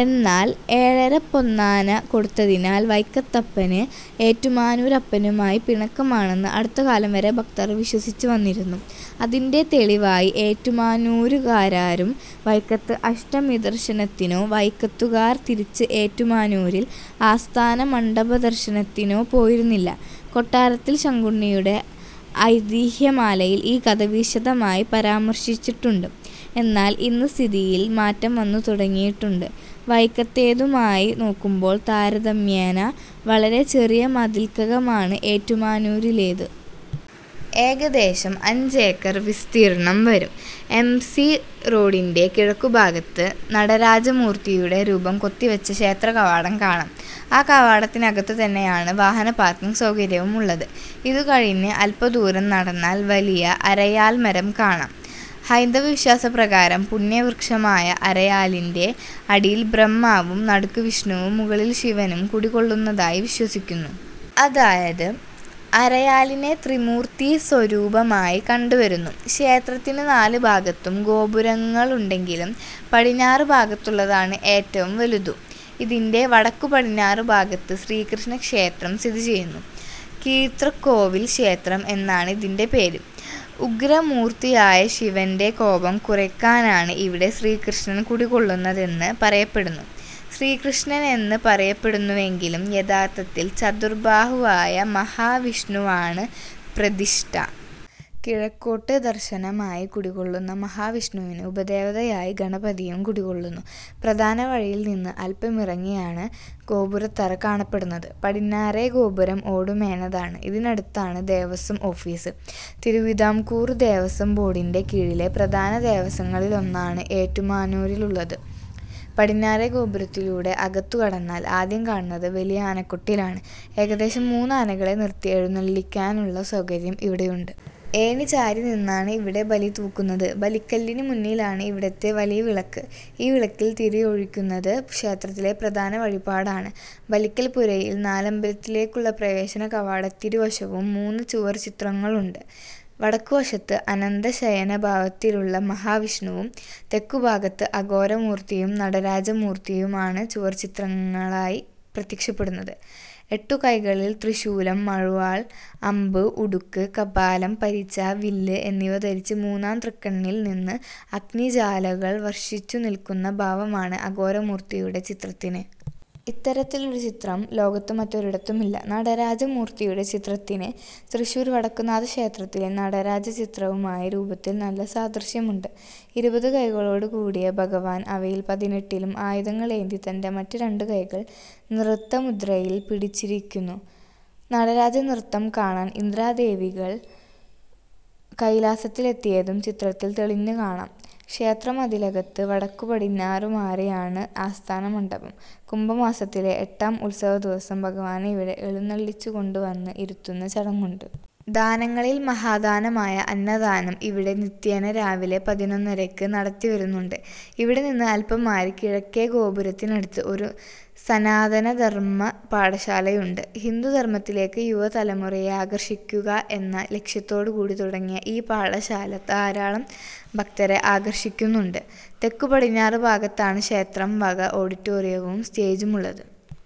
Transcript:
എന്നാൽ, ഏഴരപ്പൊന്നാന കൊടുത്തതിൽ വൈക്കത്തപ്പന് ഏറ്റുമാനൂരപ്പനുമായി പിണക്കമാണെന്ന് അടുത്തകാലം വരെ ഭക്തർ വിശ്വസിച്ചുവന്നിരുന്നു. അതിന്റെ തെളിവായി ഏറ്റുമാനൂരുകാരാരും വൈക്കത്ത് അഷ്ടമിദർശനത്തിനോ വൈക്കത്തുകാർ തിരിച്ച് ഏറ്റുമാനൂരിൽ ആസ്ഥാനമണ്ഡപദർശനത്തിനോ പോയിരുന്നില്ല. കൊട്ടാരത്തിൽ ശങ്കുണ്ണിയുടെ ഐതിഹ്യമാലയിൽ ഈ കഥ വിശദമായി പരാമർശിച്ചിട്ടുണ്ട്. എന്നാൽ, ഇന്ന് സ്ഥിതിയിൽ മാറ്റം വന്നുതുടങ്ങിയിട്ടുണ്ട്. വൈക്കത്തേതുമായി നോക്കുമ്പോൾ താരതമ്യേന വളരെ ചെറിയ മതിൽക്കകമാണ് ഏറ്റുമാനൂരിലേത്. ഏകദേശം അഞ്ചേക്കർ വിസ്തീർണ്ണം വരും. എം. സി. റോഡിന്റെ കിഴക്കുഭാഗത്ത് നടരാജമൂർത്തിയുടെ രൂപം കൊത്തിവച്ച ക്ഷേത്രകവാടം കാണാം. ആ കവാടത്തിനകത്തുതന്നെയാണ് വാഹനപാർക്കിംഗ് സൗകര്യവും ഉള്ളത്. ഇതും കഴിഞ്ഞ് അല്പദൂരം നടന്നാൽ വലിയ അരയാൽമരം കാണാം. ഹൈന്ദവവിശ്വാസപ്രകാരം പുണ്യവൃക്ഷമായ അരയാലിന്റെ അടിയിൽബ്രഹ്മാവും നടുക്ക് വിഷ്ണുവും മുകളിൽ ശിവനും കുടികൊള്ളുന്നതായി വിശ്വസിക്കുന്നു. അതായത്, അരയാലിനെ ത്രിമൂർത്തീസ്വരൂപമായി കണ്ടുവരുന്നു. ക്ഷേത്രത്തിന് നാലുഭാഗത്തും ഗോപുരങ്ങളുണ്ടെങ്കിലും പടിഞ്ഞാറുഭാഗത്തുള്ളതാണ് ഏറ്റവും വലുതു്. ഇതിന്റെ വടക്കുപടിഞ്ഞാറുഭാഗത്ത് ശ്രീകൃഷ്ണക്ഷേത്രം സ്ഥിതിചെയ്യുന്നു. 'കീഴ്തൃക്കോവിൽ ക്ഷേത്രം' എന്നാണ് ഇതിന്റെ പേര്. ഉഗ്രമൂർത്തിയായ ശിവന്റെ കോപം കുറയ്ക്കാനാണ് ഇവിടെ ശ്രീകൃഷ്ണൻ കുടികൊള്ളുന്നതെന്ന് പറയപ്പെടുന്നു. ശ്രീകൃഷ്ണനെന്ന് പറയപ്പെടുന്നുവെങ്കിലും യഥാർത്ഥത്തിൽ ചതുർബാഹുവായ മഹാവിഷ്ണുവാണ് പ്രതിഷ്ഠ. കിഴക്കോട്ട് ദർശനമായി കുടികൊള്ളുന്ന മഹാവിഷ്ണുവിന് ഉപദേവതയായി ഗണപതിയും കുടികൊള്ളുന്നു. പ്രധാനവഴിയിൽ നിന്ന് അല്പമിറങ്ങിയാണ് ഗോപുരത്തറ കാണപ്പെടുന്നത്. പടിഞ്ഞാറേ ഗോപുരം ഓടുമേഞ്ഞതാണ്. ഇതിനടുത്താണ് ദേവസ്വം ഓഫീസ്. തിരുവിതാംകൂർ ദേവസ്വം ബോർഡിന്റെ കീഴിലെ പ്രധാന ദേവസ്വങ്ങളിലൊന്നാണ് ഏറ്റുമാനൂരിലുള്ളത്. പടിഞ്ഞാറേ ഗോപുരത്തിലൂടെ അകത്തുകടന്നാൽ ആദ്യം കാണുന്നത് വലിയ ആനക്കൊട്ടിലാണ്. ഏകദേശം മൂന്നാനകളെ നിർത്തി എഴുന്നള്ളിയ്ക്കാനുള്ള സൗകര്യം ഇവിടെയുണ്ട്. ഏണിചാരിനിന്നാണ് ഇവിടെ ബലിതൂകുന്നത്. ബലിക്കല്ലിനുമുന്നിലാണ് ഇവിടത്തെ 'വലിയ വിളക്ക്'. ഈ വിളക്കിൽ തിരിയൊഴിയ്ക്കുന്നത് ക്ഷേത്രത്തിലെ പ്രധാന വഴിപാടാണ്. ബലിക്കൽപ്പുരയിൽ നാലമ്പലത്തിലേയ്ക്കുള്ള പ്രവേശനകവാടത്തിരുവശവും മൂന്ന് ചുവർച്ചിത്രങ്ങളുണ്ട്. വടക്കുവശത്ത് അനന്തശയനഭാവത്തിലുള്ള മഹാവിഷ്ണുവും തെക്കുഭാഗത്ത് അഘോരമൂർത്തിയും നടരാജമൂർത്തിയുമാണ് ചുവർച്ചിത്രങ്ങളായി പ്രത്യക്ഷപ്പെടുന്നത്. എട്ടുകൈകളിൽ ത്രിശൂലം, മഴു, വാൾ, അമ്പ്, ഉടുക്ക്, കപാലം, പരിച, വില്ല് എന്നിവ ധരിച്ച് മൂന്നാം തൃക്കണ്ണിൽ നിന്ന് അഗ്നിജ്വാലകൾ വർഷിച്ചുനിൽക്കുന്ന ഭാവമാണ് അഘോരമൂർത്തിയുടെ ചിത്രത്തിന്. ഇത്തരത്തിലൊരു ചിത്രം ലോകത്ത് മറ്റൊരിടത്തുമില്ല. നടരാജമൂർത്തിയുടെ ചിത്രത്തിന് തൃശ്ശൂർ വടക്കുന്നാഥക്ഷേത്രത്തിലെ നടരാജചിത്രവുമായി രൂപത്തിൽ നല്ല സാദൃശ്യമുണ്ട്. ഇരുപതുകൈകളോടുകൂടിയ ഭഗവാൻ അവയിൽ പതിനെട്ടിലും ആയുധങ്ങളേന്തി തന്റെ മറ്റ് രണ്ടുകൈകൾ നൃത്തമുദ്രയിൽ പിടിച്ചിരിയ്ക്കുന്നു. നടരാജനൃത്തം കാണാൻ ഇന്ദ്രാദിദേവകൾ കൈലാസത്തിലെത്തിയതും ചിത്രത്തിൽ തെളിഞ്ഞുകാണാം. ക്ഷേത്രമതിലകത്ത് വടക്കുപടിഞ്ഞാറുമാറിയാണ് 'ആസ്ഥാനമണ്ഡപം'. കുംഭമാസത്തിലെ എട്ടാം ഉത്സവദിവസം ഭഗവാനെ ഇവിടെ എഴുന്നള്ളിച്ചുകൊണ്ടുവന്ന് ഇരുത്തുന്ന ചടങ്ങുണ്ട്. ദാനങ്ങളിൽ മഹാദാനമായ അന്നദാനം ഇവിടെ നിത്യേന രാവിലെ പതിനൊന്നരയ്ക്ക് നടത്തിവരുന്നുണ്ട്. ഇവിടെ നിന്ന് അല്പം മാറി കിഴക്കേ ഗോപുരത്തിനടുത്ത് ഒരു സനാതനധർമ്മ പാഠശാലയുണ്ട്. ഹിന്ദുധർമ്മത്തിലേയ്ക്ക് യുവതലമുറയെ ആകർഷിയ്ക്കുക എന്ന ലക്ഷ്യത്തോടുകൂടി തുടങ്ങിയ ഈ പാഠശാല ധാരാളം ഭക്തരെ ആകർഷിയ്ക്കുന്നുണ്ട്. തെക്കുപടിഞ്ഞാറുഭാഗത്താണ് ക്ഷേത്രം വക ഓഡിറ്റോറിയവും സ്റ്റേജുമുള്ളത്.